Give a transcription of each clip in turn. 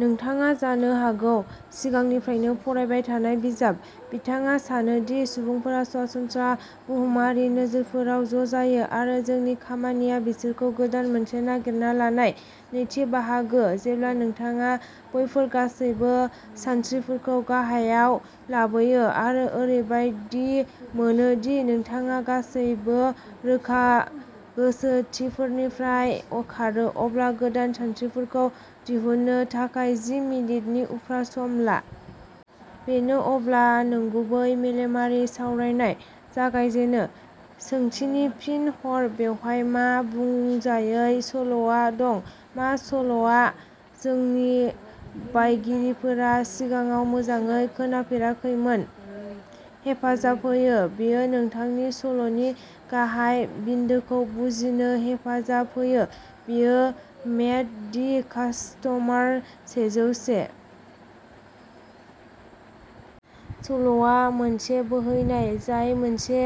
नोंथाङा जानो हागौ सिगांनिफ्रायनो फरायबाय थानाय बिजाब। बिथाङा सानो दि सुबुंफोरा सरासनस्रा बुहुमारि नोजोरफोराव ज' जायो आरो जोंनि खामानिया बिसोरखौ गोदान मोनसे नागिरना लानाय। नैथि बाहागो जेब्ला नोंथाङा बैफोर गासैबो सानस्रिफोरखौ गाहायाव लाबोयो आरो ओरैबायदि मोनो दि नोंथाङा गासैबो रोखा गोसोथिफोरनिफ्राय खारो, अब्ला गोदान सानस्रिफोरखौ दिहुननो थाखाय जि मिनिटनि उफ्रा सम ला। बेनो अब्ला नंगुबै मेलेमारि सावरायनाय जागायजेनो। सोंथिनि फिन हर बेवहाय मा बुंजायै सल'आ दं मा सल'आ जोंनि बायगिरिफोरा सिगाङाव मोजाङै खोनाफेराखैमोन हेफाजाब होयो बेयो नोंथांनि सल'नि गाहाय बिन्दोखौ बुजिनो हेफाजाब होयो। बेयो मेट दि कास्ट'मार सेजौसे। सल'आ मोनसे बोहैनाय जाय मोनसे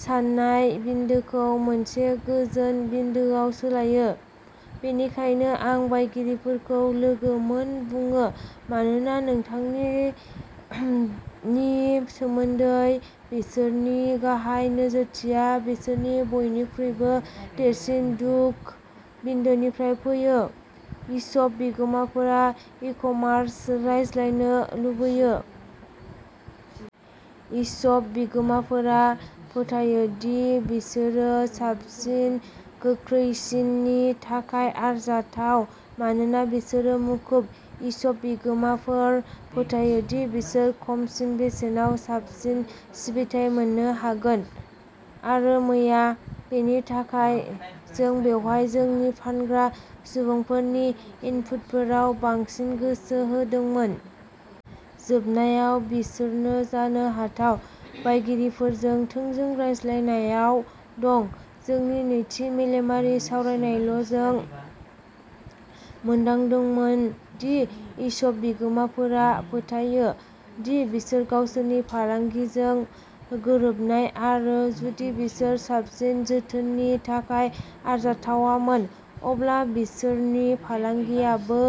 सानाय बिन्दोखौ मोनसे गोजोन बिन्दोआव सोलायो। बेनिखायनो आं बायगिरिफोरखौ लोगो मोन बुङो मानोना नोंथांनि नि सोमोन्दै बिसोरनि गाहाय नोजोरथिया बिसोरनि बयनिख्रुइबो देरसिन दुखु-बिन्दोनिफ्राय फैयो। इशप बिगोमाफोरा इक'मारस रायज्लायनो लुबैयो। इशप बिगोमाफोरा फोथायो दि बिसोरो साबसिन, गोख्रैसिननि थाखाय आरजाथाव मानोना बिसोरो मुखुब। इशप बिगोमाफोर फोथायो दि बिसोर खमसिन बेसेनाव साबसिन सिबिथाइ मोन्नो हागोन। आरो मैया, बेनि थाखाय। जों बेवहाय जोंनि फानग्रा सुबुंफोरनि इनपुटफोराव बांसिन गोसो होदोंमोन। जोबनायाव, बिसोरनो जानो हाथाव बायगिरिफोरजों थोंजों रायज्लायनायाव दं। जोंनि नैथि मेलेमारि सावरायनायावल'जों मोनदांदोंमोन दि इशप बिगोमाफोरा फोथायो दि बिसोर गावसोरनि फालांगिजों गोरोबनाय आरो जुदि बिसोर साबसिन जोथोननि थाखाय आरजाथावमोन, अब्ला बिसोरनि फालांगियाबो।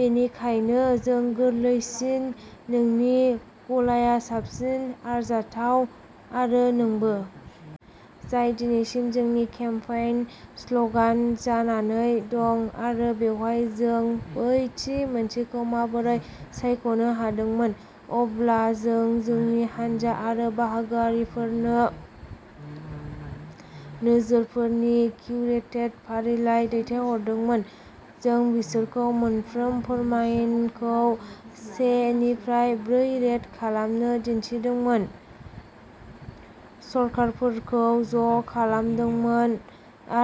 बेनिखायनो, जों गोरलैसिन नोंनि गलाया साबसिन आरजाथाव, आरो नोंबो। जाय दिनैसिम जोंनि केम्पेइन स्ल'गान जानानै दं आरो बेवहाय जों बै थि मोनसेखौ माबोरै सायख'नो हादोंमोन। अब्ला, जों जोंनि हानजा आरो बाहागोआरिफोरनो नोजोरफोरनि किउरेटेड फारिलाइ दैथायहरदोंमोन। जों बिसोरखौ मोनफ्रोम फोरमानखौ से निफ्राय ब्रैे रेट खालामनो थिनदोंमोन, स्करफोरखौ ज' खालामदोंमोन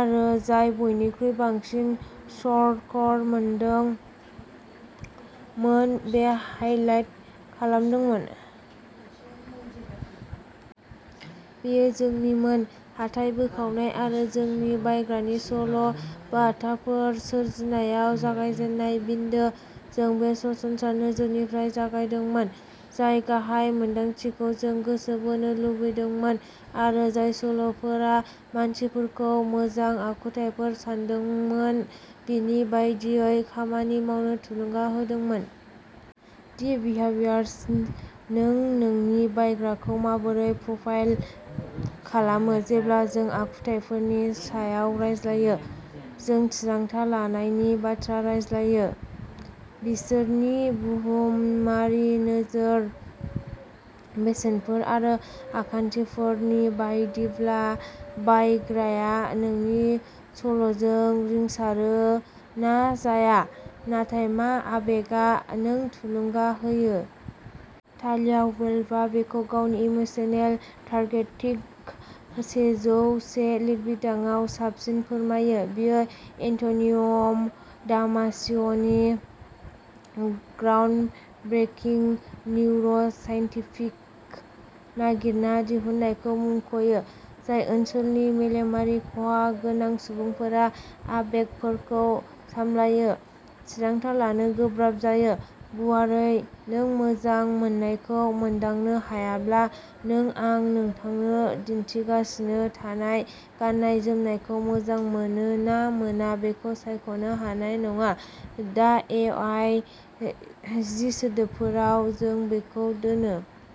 आरो जाय बयनिख्रुइ बांसिन स्कर मोनदोंमोन बेखौ हाइलाइट खालामदोंमोन। बेयो जोंनिमोन हाथाइ बोखावनाय आरो जोंनि बायग्रानि सल' बाथाफोर सोरजिनायाव जागायजेननाय बिन्दो। जों बे सरासनस्रा नोजोरनिफ्राय जागायदोंमोन, जाय गाहाय मोन्दांथिखौ जों गोसो बोनो लुबैदोंमोन आरो जाय सल'फोरा मानसिफोरखौ मोजां आखुथायफोर सान्दोंमोन बिनि बायदियै खामानि मावनो थुलुंगा होदोंमोन। दि बिहावियारस नों नोंनि बायग्राखौ माबोरै प्रफाइल खालामो जेब्ला जों आखुथायफोरनि सायाव रायज्लायो, जों थिरांथा लानायनि बाथ्रा रायज्लायो। बिसोरनि बुहुमारि नोजोर, बेसेनफोर आरो खान्थिफोरनि बायदिब्ला, बायग्राया नोंनि सल'जों रिंसारो ना जाया। नाथाय, मा आबेगआ नों थुलुंगा होयो। तालिया वुल्फआ बेखौ गावनि इमोसनेल टारगेटिंग सेजौसे लिरबिदांआव साबसिनै फोरमायो। बियो एन्ट'निय'दामासिअ'नि ग्राउन्डब्रेकिं निउर'साइन्टिफिक नागिरना दिहुननायखौ मुंख'यो, जाय ओनसोलनि मेलेमारि खहा गोनां सुबुंफोरा आबेगफोरखौ सामलायो, थिरांथा लानो गोब्राब जायो। गुवारै, नों मोजां मोननायखौ मोनदांनो हायाब्ला, नों आं नोंथांनो दिन्थिगासिनो थानाय गाननाय जोमनायखौ मोजां मोनो ना मोना बेखौ सायख'नो हानाय नङा। दा ए वाइ जि सोदोबफोराव, जों बेखौ दोनो।